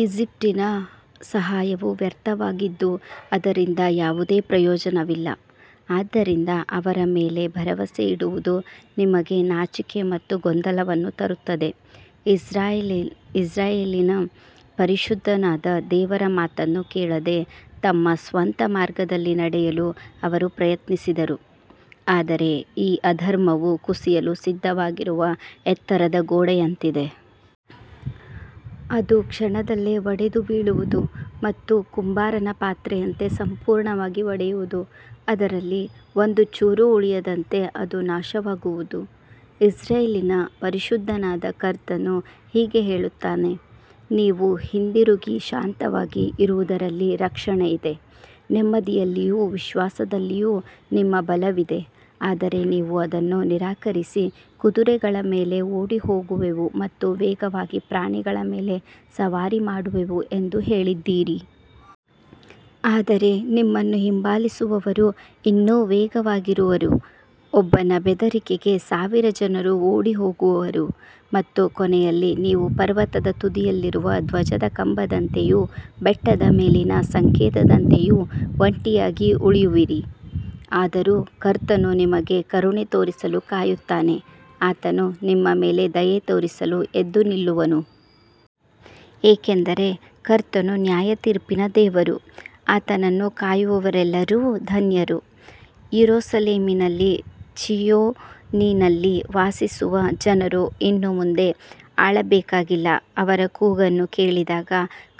ಈಜಿಪ್ಟಿನ ಸಹಾಯವು ವ್ಯರ್ಥವಾಗಿದ್ದು ಅದರಿಂದ ಯಾವುದೇ ಪ್ರಯೋಜನವಿಲ್ಲ. ಆದ್ದರಿಂದ ಅವರ ಮೇಲೆ ಭರವಸೆ ಇಡುವುದು ನಿಮಗೆ ನಾಚಿಕೆ ಮತ್ತು ಗೊಂದಲವನ್ನು ತರುತ್ತದೆ. ಇಸ್ರಾಯೇಲಿನ ಪರಿಶುದ್ಧನಾದ ದೇವರ ಮಾತನ್ನು ಕೇಳದೆ ತಮ್ಮ ಸ್ವಂತ ಮಾರ್ಗದಲ್ಲಿ ನಡೆಯಲು ಅವರು ಪ್ರಯತ್ನಿಸಿದರು. ಆದರೆ ಈ ಅಧರ್ಮವು ಕುಸಿಯಲು ಸಿದ್ಧವಾಗಿರುವ ಎತ್ತರದ ಗೋಡೆಯಂತಿದೆ. ಅದು ಕ್ಷಣದಲ್ಲೇ ಒಡೆದು ಬೀಳುವುದು ಮತ್ತು ಕುಂಬಾರನ ಪಾತ್ರೆಯಂತೆ ಸಂಪೂರ್ಣವಾಗಿ ಒಡೆಯುವುದು. ಅದರಲ್ಲಿ ಒಂದು ಚೂರೂ ಉಳಿಯದಂತೆ ಅದು ನಾಶವಾಗುವುದು. ಇಸ್ರಾಯೇಲಿನ ಪರಿಶುದ್ಧನಾದ ಕರ್ತನು ಹೀಗೆ ಹೇಳುತ್ತಾನೆ. ನೀವು ಹಿಂದಿರುಗಿ ಶಾಂತವಾಗಿ ಇರುವುದರಲ್ಲಿ ರಕ್ಷಣೆ ಇದೆ. ನೆಮ್ಮದಿಯಲ್ಲಿಯೂ ವಿಶ್ವಾಸದಲ್ಲಿಯೂ ನಿಮ್ಮ ಬಲವಿದೆ. ಆದರೆ ನೀವು ಅದನ್ನು ನಿರಾಕರಿಸಿ ಕುದುರೆಗಳ ಮೇಲೆ ಓಡಿಹೋಗುವೆವು ಮತ್ತು ವೇಗವಾದ ಪ್ರಾಣಿಗಳ ಮೇಲೆ ಸವಾರಿ ಮಾಡುವೆವು ಎಂದು ಹೇಳಿದ್ದೀರಿ. ಆದರೆ ನಿಮ್ಮನ್ನು ಹಿಂಬಾಲಿಸುವವರು ಇನ್ನೂ ವೇಗವಾಗಿರುವರು. ಒಬ್ಬನ ಬೆದರಿಕೆಗೆ ಸಾವಿರ ಜನರು ಓಡಿಹೋಗುವರು ಮತ್ತು ಕೊನೆಯಲ್ಲಿ ನೀವು ಪರ್ವತದ ತುದಿಯಲ್ಲಿರುವ ಧ್ವಜದ ಕಂಬದಂತೆಯೂ ಬೆಟ್ಟದ ಮೇಲಿನ ಸಂಕೇತದಂತೆಯೂ ಒಂಟಿಯಾಗಿ ಉಳಿಯುವಿರಿ. ಆದರೂ ಕರ್ತನು ನಿಮಗೆ ಕರುಣೆ ತೋರಿಸಲು ಕಾಯುತ್ತಾನೆ. ಆತನು ನಿಮ್ಮ ಮೇಲೆ ದಯೆ ತೋರಿಸಲು ಎದ್ದು ನಿಲ್ಲುವನು. ಏಕೆಂದರೆ ಕರ್ತನು ನ್ಯಾಯತೀರ್ಪಿನ ದೇವರು. ಆತನನ್ನು ಕಾಯುವವರೆಲ್ಲರೂ ಧನ್ಯರು. ಯೆರೂಸಲೇಮಿನಲ್ಲಿ ಚೀಯೋನಿನಲ್ಲಿ ವಾಸಿಸುವ ಜನರು ಇನ್ನು ಮುಂದೆ ಅಳಬೇಕಾಗಿಲ್ಲ. ಅವರ ಕೂಗನ್ನು ಕೇಳಿದಾಗ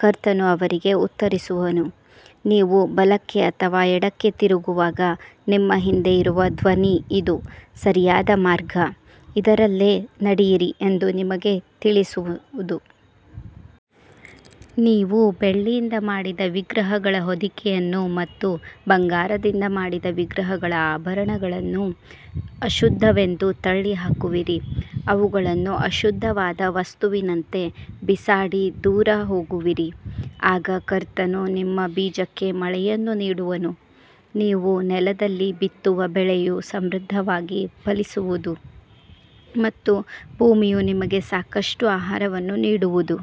ಕರ್ತನು ಅವರಿಗೆ ಉತ್ತರಿಸುವನು. ನೀವು ಬಲಕ್ಕೆ ಅಥವಾ ಎಡಕ್ಕೆ ತಿರುಗುವಾಗ ನಿಮ್ಮ ಹಿಂದೆ ಇರುವ ಧ್ವನಿ ಇದು ಸರಿಯಾದ ಮಾರ್ಗ, ಇದರಲ್ಲೇ ನಡೆಯಿರಿ ಎಂದು ನಿಮಗೆ ತಿಳಿಸುವುದು. ನೀವು ಬೆಳ್ಳಿಯಿಂದ ಮಾಡಿದ ವಿಗ್ರಹಗಳ ಹೊದಿಕೆಯನ್ನು ಮತ್ತು ಬಂಗಾರದಿಂದ ಮಾಡಿದ ವಿಗ್ರಹಗಳ ಆಭರಣಗಳನ್ನು ಅಶುದ್ಧವೆಂದು ತಳ್ಳಿ ಹಾಕುವಿರಿ. ಅವುಗಳನ್ನು ಅಶುದ್ಧವಾದ ವಸ್ತುವಿನಂತೆ ಬಿಸಾಡಿ ದೂರ ಹೋಗುವಿರಿ. ಆಗ ಕರ್ತನು ನಿಮ್ಮ ಬೀಜಕ್ಕೆ ಮಳೆಯನ್ನು ನೀಡುವನು. ನೀವು ನೆಲದಲ್ಲಿ ಬಿತ್ತುವ ಬೆಳೆಯು ಸಮೃದ್ಧಿಯಾಗಿ ಫಲಿಸುವುದು ಮತ್ತು ಭೂಮಿಯು ನಿಮಗೆ ಸಾಕಷ್ಟು ಆಹಾರವನ್ನು ನೀಡುವುದು.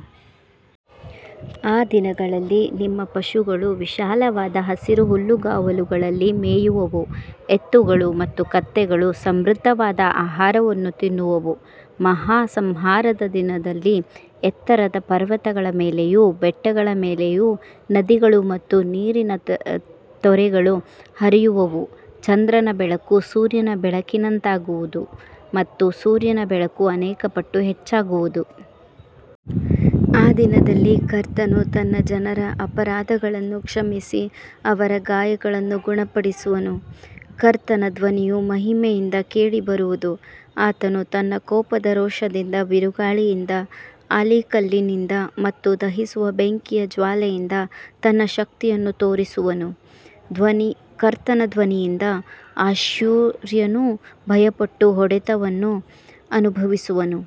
ಆ ದಿನದಲ್ಲಿ ನಿಮ್ಮ ಪಶುಗಳು ವಿಶಾಲವಾದ ಹಸಿರು ಹುಲ್ಲುಗಾವಲುಗಳಲ್ಲಿ ಮೇಯುವವು. ಎತ್ತುಗಳು ಮತ್ತು ಕತ್ತೆಗಳು ಸಮೃದ್ಧವಾದ ಆಹಾರವನ್ನು ತಿನ್ನುವವು. ಮಹಾ ಸಂಹಾರದ ದಿನದಲ್ಲಿ ಎತ್ತರದ ಪರ್ವತಗಳ ಮೇಲೆಯೂ ಬೆಟ್ಟಗಳ ಮೇಲೆಯೂ ನದಿಗಳು ಮತ್ತು ನೀರಿನ ತೊರೆಗಳು ಹರಿಯುವವು. ಚಂದ್ರನ ಬೆಳಕು ಸೂರ್ಯನ ಬೆಳಕಿನಂತಾಗುವುದು ಮತ್ತು ಸೂರ್ಯನ ಬೆಳಕು ಅನೇಕ ಪಟ್ಟು ಹೆಚ್ಚಾಗುವುದು. ಆ ದಿನದಲ್ಲಿ ಕರ್ತನು ತನ್ನ ಜನರ ಅಪರಾಧಗಳನ್ನು ಕ್ಷಮಿಸಿ ಅವರ ಗಾಯಗಳನ್ನು ಗುಣಪಡಿಸುವನು. ಕರ್ತನ ಧ್ವನಿಯು ಮಹಿಮೆಯಿಂದ ಕೇಳಿಬರುವುದು. ಆತನು ತನ್ನ ಕೋಪದ ರೋಷದಿಂದ, ಬಿರುಗಾಳಿಯಿಂದ, ಆಲಿಕಲ್ಲಿನಿಂದ ಮತ್ತು ದಹಿಸುವ ಬೆಂಕಿಯ ಜ್ವಾಲೆಯಿಂದ ತನ್ನ ಶಕ್ತಿಯನ್ನು ತೋರಿಸುವನು. ಕರ್ತನ ಧ್ವನಿಯಿಂದ ಅಶ್ಶೂರ್ಯನು ಭಯಪಟ್ಟು ಹೊಡೆತವನ್ನು ಅನುಭವಿಸುವನು.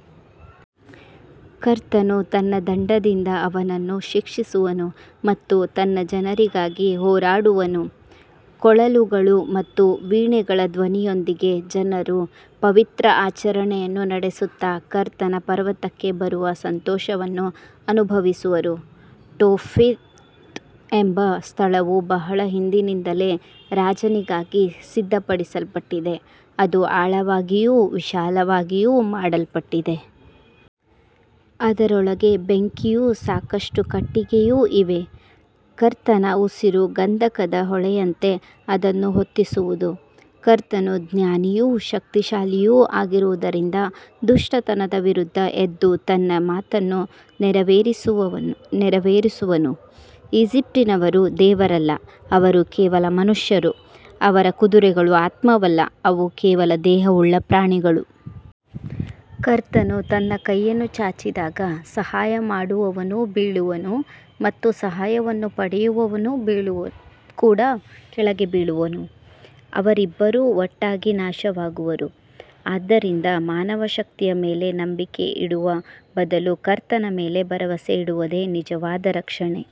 ಕರ್ತನು ತನ್ನ ದಂಡದಿಂದ ಅವನನ್ನು ಶಿಕ್ಷಿಸುವನು ಮತ್ತು ತನ್ನ ಜನರಿಗಾಗಿ ಹೋರಾಡುವನು. ಕೊಳಲುಗಳು ಮತ್ತು ವೀಣೆಗಳ ಧ್ವನಿಯೊಂದಿಗೆ ಜನರು ಪವಿತ್ರ ಆಚರಣೆಯನ್ನು ನಡೆಸುತ್ತಾ ಕರ್ತನ ಪರ್ವತಕ್ಕೆ ಬರುವ ಸಂತೋಷವನ್ನು ಅನುಭವಿಸುವರು. ಟೋಫೆತ್ ಎಂಬ ಸ್ಥಳವು ಬಹಳ ಹಿಂದಿನಿಂದಲೇ ರಾಜನಿಗಾಗಿ ಸಿದ್ಧಪಡಿಸಲ್ಪಟ್ಟಿದೆ. ಅದು ಆಳವಾಗಿಯೂ ವಿಶಾಲವಾಗಿಯೂ ಮಾಡಲ್ಪಟ್ಟಿದೆ. ಅದರೊಳಗೆ ಬೆಂಕಿಯೂ ಸಾಕಷ್ಟು ಕಟ್ಟಿಗೆಯೂ ಇವೆ. ಕರ್ತನ ಉಸಿರು ಗಂಧಕದ ಹೊಳೆಯಂತೆ ಅದನ್ನು ಹೊತ್ತಿಸುವುದು. ಕರ್ತನು ಜ್ಞಾನಿಯೂ ಶಕ್ತಿಶಾಲಿಯೂ ಆಗಿರುವುದರಿಂದ ದುಷ್ಟತನದ ವಿರುದ್ಧ ಎದ್ದು ತನ್ನ ಮಾತನ್ನು ನೆರವೇರಿಸುವನು. ಈಜಿಪ್ಟಿನವರು ದೇವರಲ್ಲ, ಅವರು ಕೇವಲ ಮನುಷ್ಯರು. ಅವರ ಕುದುರೆಗಳು ಆತ್ಮವಲ್ಲ, ಅವು ಕೇವಲ ದೇಹವುಳ್ಳ ಪ್ರಾಣಿಗಳು. ಕರ್ತನು ತನ್ನ ಕೈಯನ್ನು ಚಾಚಿದಾಗ ಸಹಾಯ ಮಾಡುವವನು ಬೀಳುವನು ಮತ್ತು ಸಹಾಯವನ್ನು ಪಡೆಯುವವನು ಕೂಡ ಕೆಳಗೆ ಬೀಳುವನು. ಅವರಿಬ್ಬರೂ ಒಟ್ಟಾಗಿ ನಾಶವಾಗುವರು. ಆದ್ದರಿಂದ ಮಾನವ ಶಕ್ತಿಯ ಮೇಲೆ ನಂಬಿಕೆ ಇಡುವ ಬದಲು ಕರ್ತನ ಮೇಲೆ ಭರವಸೆ ಇಡುವುದೇ ನಿಜವಾದ ರಕ್ಷಣೆ.